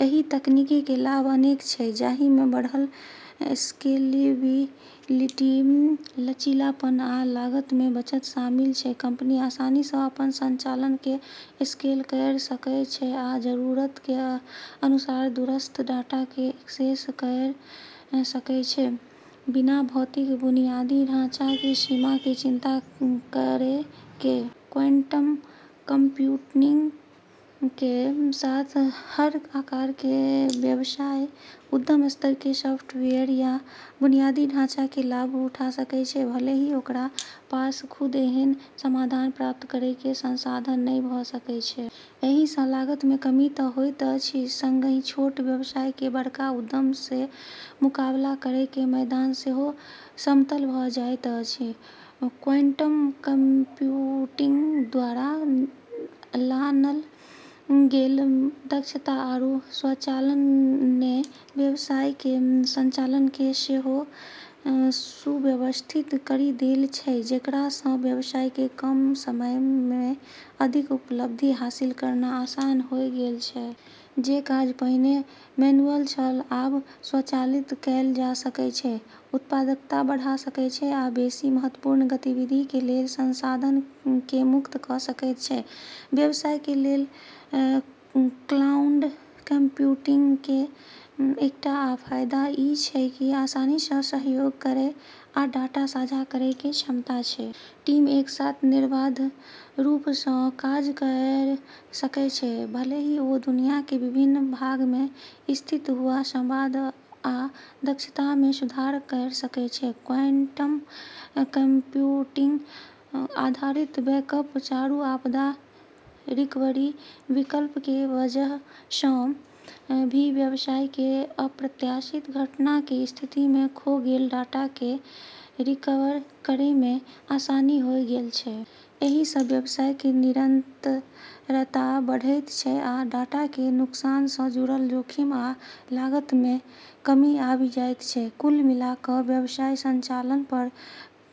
एहि तकनीक के लाभ अनेक छै, जहि में बढ़ल स्केलेबिलिटी, लचीलापन, आ लागत में बचत शामिल छै। कंपनी आसानी सँ अपन संचालन के स्केल कयर सकय छै आ जरूरत के अनुसार दूरस्थ डाटा के एक्सेस कयर सकय छै, बिना भौतिक बुनियादी ढाँचा के सीमा के चिंता करय के। क्वांटम कंप्यूटिंग के साथ हर आकार के व्यवसाय उद्यम स्तर के सॉफ्टवेयर आ बुनियादी ढाँचा के लाभ उठा सकय छै, भले ही ओकरा पास खुद एहन समाधान प्राप्त करय के संसाधन नहि भऽ सकय छै। एहि सँ लागत में कमी तऽ होएत अछि संगहि छोट व्यवसाय के बड़का उद्यम से मुकाबला करय के मैदान सेहो समतल भऽ जाएत अछि। क्वांटम कंप्यूटिंग द्वारा लानल गेल दक्षता आरू स्वचालन ने व्यवसाय के संचालन के सेहो सुव्यवस्थित करी देल छै, जेकरा सँ व्यवसाय के कम समय में अधिक उपलब्धि हासिल करना आसान होय गेल छै। जे काज पहिने मैनुअल छल, आब स्वचालित कएल जा सकय छै, उत्पादकता बढ़ा सकय छै, आ बेसि महत्वपूर्ण गतिविधि के लेल संसाधन के मुक्त क' सकैत छै। व्यवसाय के लेल क्लाउड कंप्यूटिंग के एकटा आ फायदा ई छै कि आसानी सँ सहयोग करय आ डाटा साझा करय के क्षमता छै। टीम एक साथ निर्बाध रूप सँ काज कयर सकय छै, भले ही ओ दुनिया के विभिन्न भाग में स्थित हुआ, संवाद आ दक्षता में सुधार करय सकय छै। क्वांटम कंप्यूटिंग आधारित बैकअप आरू आपदा रिकवरी विकल्प के वजह सँ भी व्यवसाय के अप्रत्याशित घटना के स्थिति में खो गेल डाटा के रिकवर करै में आसानी होय गेल छै। एहि सँ व्यवसाय के निरंतरता बढ़ैत छै आ डाटा के नुकसान सँ जुड़ल जोखिम आ लागत में कमी आबि जाइत छै। कुल मिला कऽ व्यवसाय संचालन पर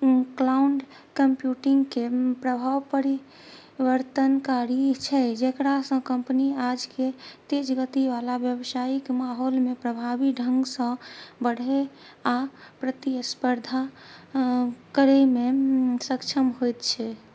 क्लाउड कंप्यूटिंग के प्रभाव परिवर्तनकारी छै, जेकरा सँ कंपनी आज के तेज गति वाला व्यावसायिक माहौल में प्रभावी ढंग सँ बढ़ै आ प्रतिस्पर्धा करै में सक्षम होइत छै।